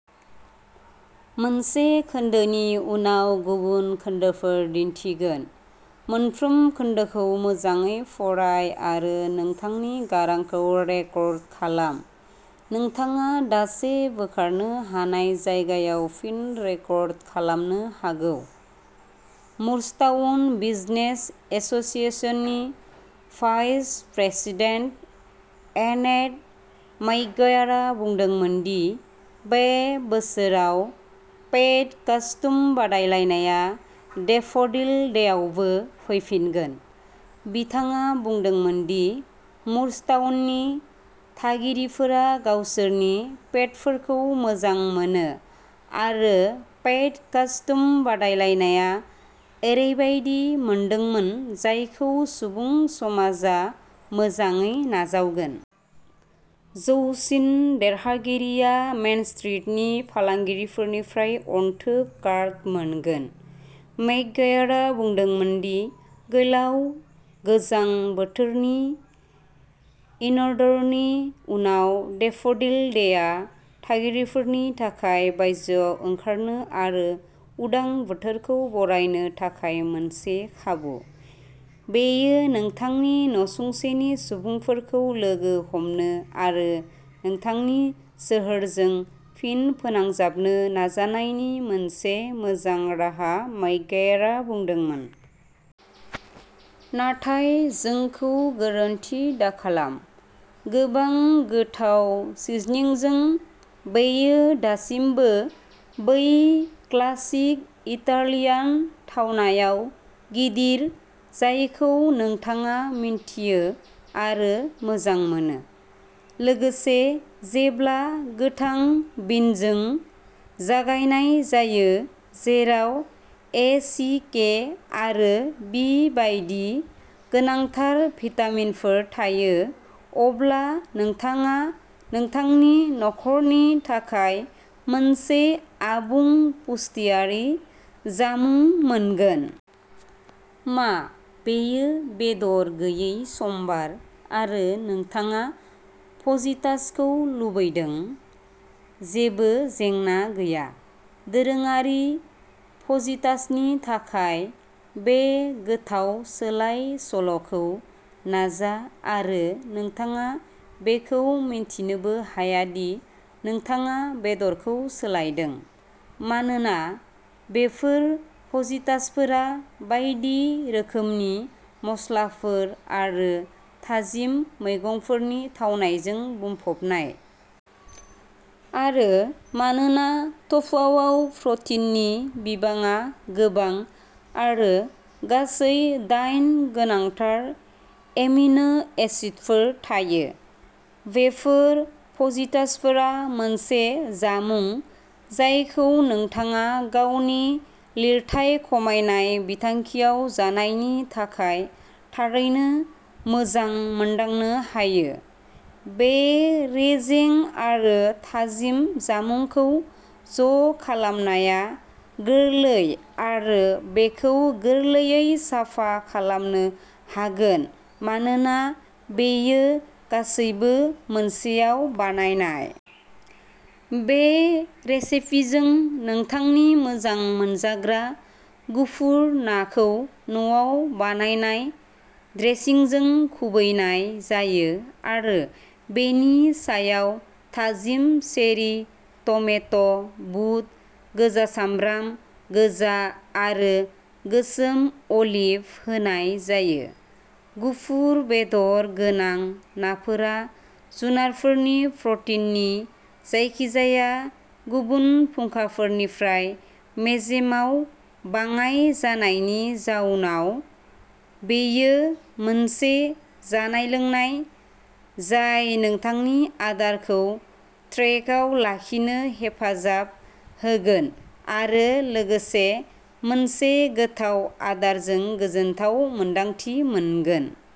मुरस्टाउन business एस'सिएशननि vice president Annette मैकगायरआ बुंदोंमोन दि बे बोसोराव पेट कस्ट्युम बादायलायनाया डेफ'डिल डेआवबो फैफिनगोन। बिथाङा बुंदोंमोन दि मुरस्टाउननि थागिरिफोरा गावसोरनि पेटफोरखौ मोजां मोनो, आरो पेट कस्ट्युम बादायलायनाया ओरैबायदि मोनदोंमोन जायखौ सुबुं समाजआ मोजाङै नाजावगोन। जौसिन देरहागिरिया मेन स्ट्रीटनि फालांगिफोरनिफ्राय अनथोब कार्ड मोनगोन। मैकगायरआ बुंदोंमोन दि गोलाव गोजां बोथोरनि इनड'रनि उनाव, डेफ'डिल डेआ थागिरिफोरनि थाखाय बायजोआव ओंखारनो आरो उदां बोथोरखौ बरायनो थाखाय मोनसे खाबु। "बेयो नोंथांनि नसुंसेनि सुबुंफोरखौ लोगो हमनो आरो नोंथांनि सोहोरजों फिन फोनांजाबनो नाजानायनि मोनसे मोजां राहा", मैकगायरआ बुंदोंमोन। नाथाय जोंखौ गोरोन्थि दाखालाम, गोबां गोथाव सिजनिंजों, बेयो दासिमबो बै क्लासिक इटालियान थावनायाव गिदिर जायखौ नोंथाङा मिथियो आरो मोजां मोनो। लोगोसे, जेब्ला गोथां बिनजों जगायनाय जायो-जेराव ए, सि, के, आरो बि बायदि गोनांथार भिटामिनफोर थायो-अब्ला नोंथाङा नोंथांनि नख'रनि थाखाय मोनसे आबुं, पुष्टियारि जामुं मोनगोन। मा बेयो बेदर गैयै समबार आरो नोंथाङा फजितासखौ लुबैदों? जेबो जेंना गैया। दोरोङारि फजितासनि थाखाय बे गोथाव सोलाय-सोल'खौ नाजा आरो नोंथाङा बेखौ मिन्थिनोबो हाया दि नोंथाङा बेदरखौ सोलायदों। मानोना बेफोर फजितासफोरा बायदि रोखोमनि मस्लाफोर आरो थाजिम मैगंफोरनि थावनायजों बुंफबनाय। आरो मानोना टफुवाव प्रटिननि बिबां गोबां आरो गासै दाइन गोनांथार एमिनो एसिडफोर थायो, बेफोर फजितासफोरा मोनसे जामुं जायखौ नोंथाङा गावनि लिरथाय खमायनाय बिथांखियाव जानायनि थाखाय थारैनो मोजां मोनदांनो हायो। बे रेजें आरो थाजिम जामुंखौ ज'खालामनाया गोरलै आरो बेखौ गोरलैयै साफा खालामनो हागोन मानोना बेयो गासैबो मोनसेआव बानायनाय। बे रेसिपिजों, नोंथांनि मोजां मोनजाग्रा गुफुर ना खौ न'आव बानायनाय ड्रेसिंजों खुबैनाय जायो आरो बेनि सायाव थाजिम चेरि टमेट', बुद, गोजा सामब्राम गोजा आरो गोसोम अलिभ होनाय जायो। गुफुर बेदर गोनां नाफोरा जुनारफोरनि प्रटिननि जायखिजाया गुबुन फुंखाफोरनिफ्राय मेजेमाव बाङाइ जानायनि जाहोनाव, बेयो मोनसे जानाय-लोंनाय, जाय नोंथांनि आदारखौ ट्रेकआव लाखिनो हेफाजाब होगोन आरो लोगोसे मोनसे गोथाव आदारजों गोजोनथाव मोन्दांथि मोनगोन।